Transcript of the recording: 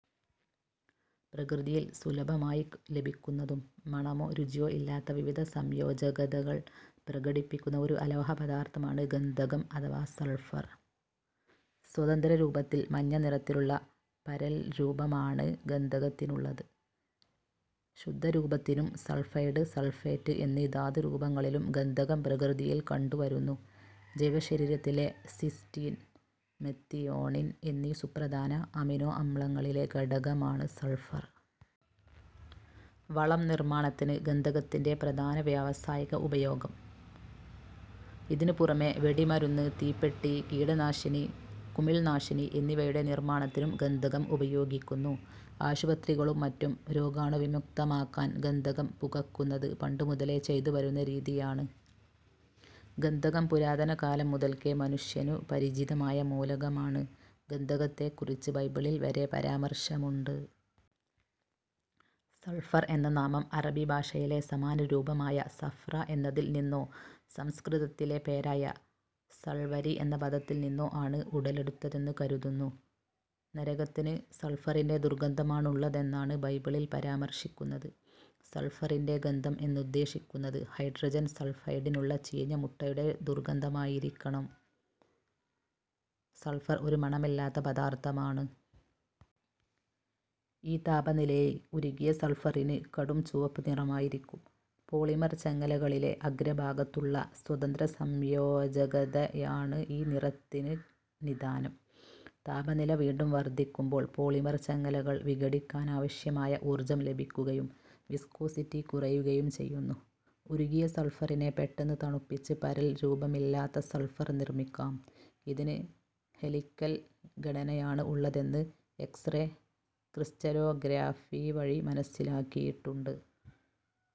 പ്രകൃതിയിൽ സുലഭമായി ലഭിക്കുന്നതും മണമോ രുചിയോ ഇല്ലാത്ത വിവിധ സംയോജകതകൾ പ്രകടിപ്പിക്കുന്ന ഒരു അലോഹ പദാർത്ഥമാണ് ഗന്ധകം അഥവാ സൾഫർ. സ്വതന്ത്രരൂപത്തിൽ മഞ്ഞ നിറത്തിലുള്ള പരൽരൂപമാണ് ഗന്ധകത്തിനുള്ളത്. ശുദ്ധരൂപത്തിലും, സൾഫൈഡ്, സൾഫേറ്റ് എന്നീ ധാതുരൂപങ്ങളിലും ഗന്ധകം പ്രകൃതിയിൽ കണ്ടുവരുന്നു. ജൈവശരീരത്തിലെ സിസ്റ്റീൻ, മെത്തിയോണിൻ എന്നീ സുപ്രധാന അമിനോ അമ്ലങ്ങളിലെ ഘടകമാണ് സൾഫർ. വളം നിർമ്മാണത്തിനു ഗന്ധകത്തിന്റെ പ്രധാന വ്യാവസായിക ഉപയോഗം. ഇതിനു പുറമേ വെടിമരുന്ന്, തീപ്പെട്ടി, കീടനാശിനി, കുമിൾനാശിനി എന്നിവയുടെ നിർമ്മാണത്തിനും ഗന്ധകം ഉപയോഗിക്കുന്നു. ആശുപത്രികളും മറ്റും രോഗാണുവിമുക്തമാക്കാൻ ഗന്ധകം പുകക്കുന്നത് പണ്ടു മുതലേ ചെയ്തു വരുന്ന രീതിയാണ്. ഗന്ധകം പുരാതനകാലം മുതൽക്കേ മനുഷ്യനു പരിചിതമായ മൂലകമാണ്. ഗന്ധകത്തെക്കുറിച്ച് ബൈബിളിൽ വരെ പരാമർശമുണ്ട്. സൾഫർ എന്ന നാമം അറബി ഭാഷയിലെ സമാനരൂപമായ സഫ്ര എന്നതിൽ നിന്നോ സംസ്കൃതത്തിലെ പേരായ സൾവരി എന്ന പദത്തിൽ നിന്നോ ആണ് ഉടലെടുത്തതെന്നു കരുതുന്നു. നരകത്തിന് സൾഫറിന്റെ ദുർഗന്ധമാണുള്ളതെന്നാണ് ബൈബിളിൽ പരാമർശിക്കുന്നത്. സൾഫറിന്റെ ഗന്ധം എന്നുദ്ദേശിക്കുന്നത് ഹൈഡ്രജൻ സൾഫൈഡിനുള്ള ചീഞ്ഞ മുട്ടയുടെ ദുർഗന്ധമായിരിക്കണം, സൾഫർ ഒരു മണമില്ലാത്ത പദാർത്ഥമാണ്. ഈ താപനിലയിൽ ഉരുകിയ സൾഫറിന് കടും ചുവപ്പുനിറമായിരിക്കും. പോളിമർ ചങ്ങലകളിലെ അഗ്രഭാഗത്തുള്ള സ്വതന്ത്ര സംയോജകതയാണ് ഈ നിറത്തിന് നിദാനം. താപനില വീണ്ടും വർദ്ധിക്കുമ്പോൾ പോളിമർ ചങ്ങലകൾ വിഘടിക്കാനാവശ്യമായ ഊർജ്ജം ലഭിക്കുകയും വിസ്കോസിറ്റി കുറയുകയും ചെയ്യുന്നു. ഉരുകിയ സൾഫറിനെ പെട്ടെന്ന് തണുപ്പിച്ച് പരൽരൂപമില്ലാത്ത സൾഫർ നിർമ്മിക്കാം. ഇതിന് ഹെലിക്കൽ ഘടനയാണ് ഉള്ളതെന്ന് എക്സ്-റേ ക്രിസ്റ്റലോഗ്രാഫി വഴി മനസ്സിലാക്കിയിട്ടുണ്ട്.